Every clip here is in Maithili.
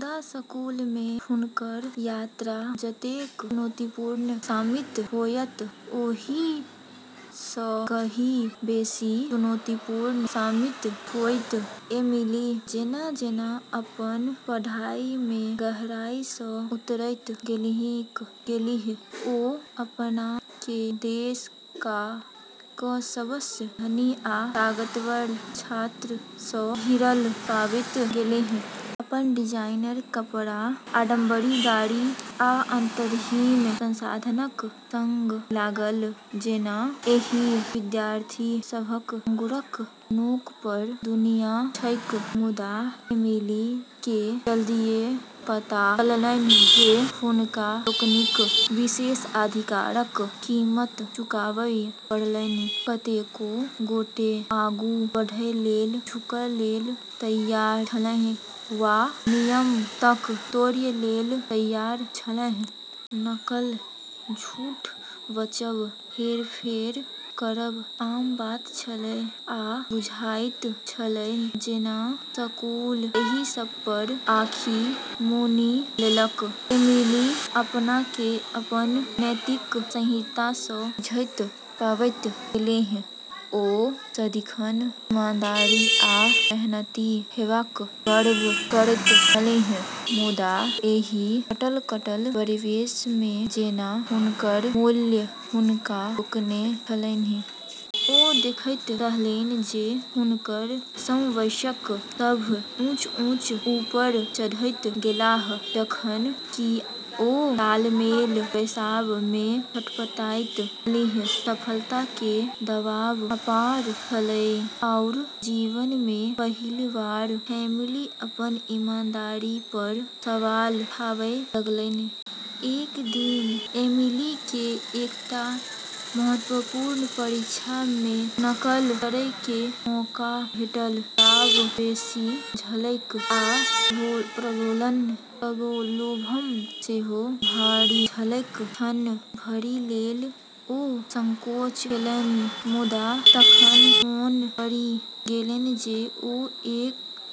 मुदा, स्कूल मे हुनकर यात्रा जतेक चुनौतीपूर्ण साबित होयत, ओहि सं कहीं बेसी चुनौतीपूर्ण साबित होयत। एमिली जेना-जेना अपन पढ़ाई मे गहराई स उतरैत गेलीह, ओ अपना के देश क सबस धनी आ ताकतवर छात्र स घिरल पाबि गेलीह। अपन डिजाइनर कपड़ा, आडंबरी गाड़ी, आ अंतहीन संसाधनक संग लागल जेना एहि विद्यार्थी सभक आँगुरक नोक पर दुनियाँ छैक। मुदा एमिली के जल्दिये पता चललनि जे हुनका लोकनिक विशेषाधिकारक कीमत चुकाबय पड़लनि; कतेको गोटे आगू बढ़य लेल झुकय लेल तैयार छलाह वा नियम तक तोड़य लेल तैयार छलाह। नकल, झूठ बाजब, हेरफेर करब आम बात छल, आ बुझाइत छल जेना स्कूल एहि सब पर आँखि मुनि लेलक। एमिली अपना के अपन नैतिक संहिता स जूझैत पाबि गेलीह। ओ सदिखन ईमानदार आ मेहनती हेबाक गर्व करैत छलीह, मुदा एहि कटल-कटल परिवेश मे जेना हुनकर मूल्य हुनका रोकने छलनि। ओ देखैत रहलीह जे हुनकर समवयस्क सभ ऊँच-ऊँच ऊपर चढ़ैत गेलाह, जखन कि ओ तालमेल बैसाब' मे छटपटाइत छलीह। सफलता के दबाव अपार छेलै, आरू जीवन में पहिल बार एमिली अपन ईमानदारी पर सवाल उठाबै लगलै। एक दिन एमिली के एकटा महत्वपूर्ण परीक्षा में नकल करय के मौका भेटल। दाँव बेसी छलैक, आ प्रलोभन सेहो भारी छलैक। क्षण भरि लेल ओ संकोच केलनि, मुदा तखने मोन पड़ि गेलनि जे ओ के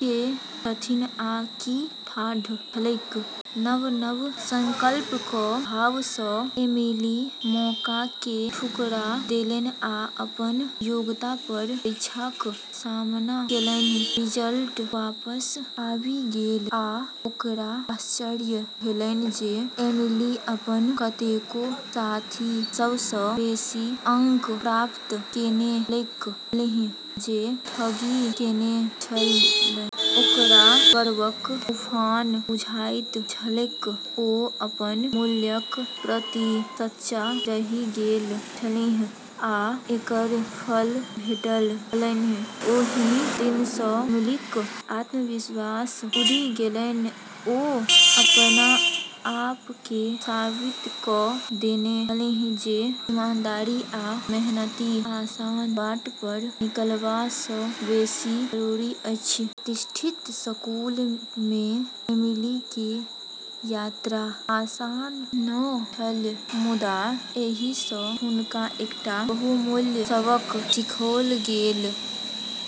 छथि आ की ठाढ़ छलीह। नव-नव संकल्पक भाव सँ एमिली मौका के ठुकरा देलनि आ अपन योग्यता पर परीक्षाक सामना केलनि। रिजल्ट वापस आबि गेलै, आ ओकरा आश्चर्य भेलै जे एमिली अपन कतेको साथी सब स बेसी अंक प्राप्त केने छलीह जे ठगी केने छल। ओकरा गर्वक उफान बुझाइत छलैक; ओ अपन मूल्यक प्रति सच्चा रहि गेल छलीह, आ एकर फल भेटल छलनि। ओहि दिनसँ एमिलीक आत्मविश्वास उड़ि गेलै। ओ अपना आप के साबित क देने छलीह जे ईमानदारी आ मेहनति आसान बाट पर निकलबा सँ बेसी जरूरी अछि। प्रतिष्ठित स्कूल मे एमिली के यात्रा आसान नै छल, मुदा एहि सं हुनका एकटा बहुमूल्य सबक सिखओल गेल।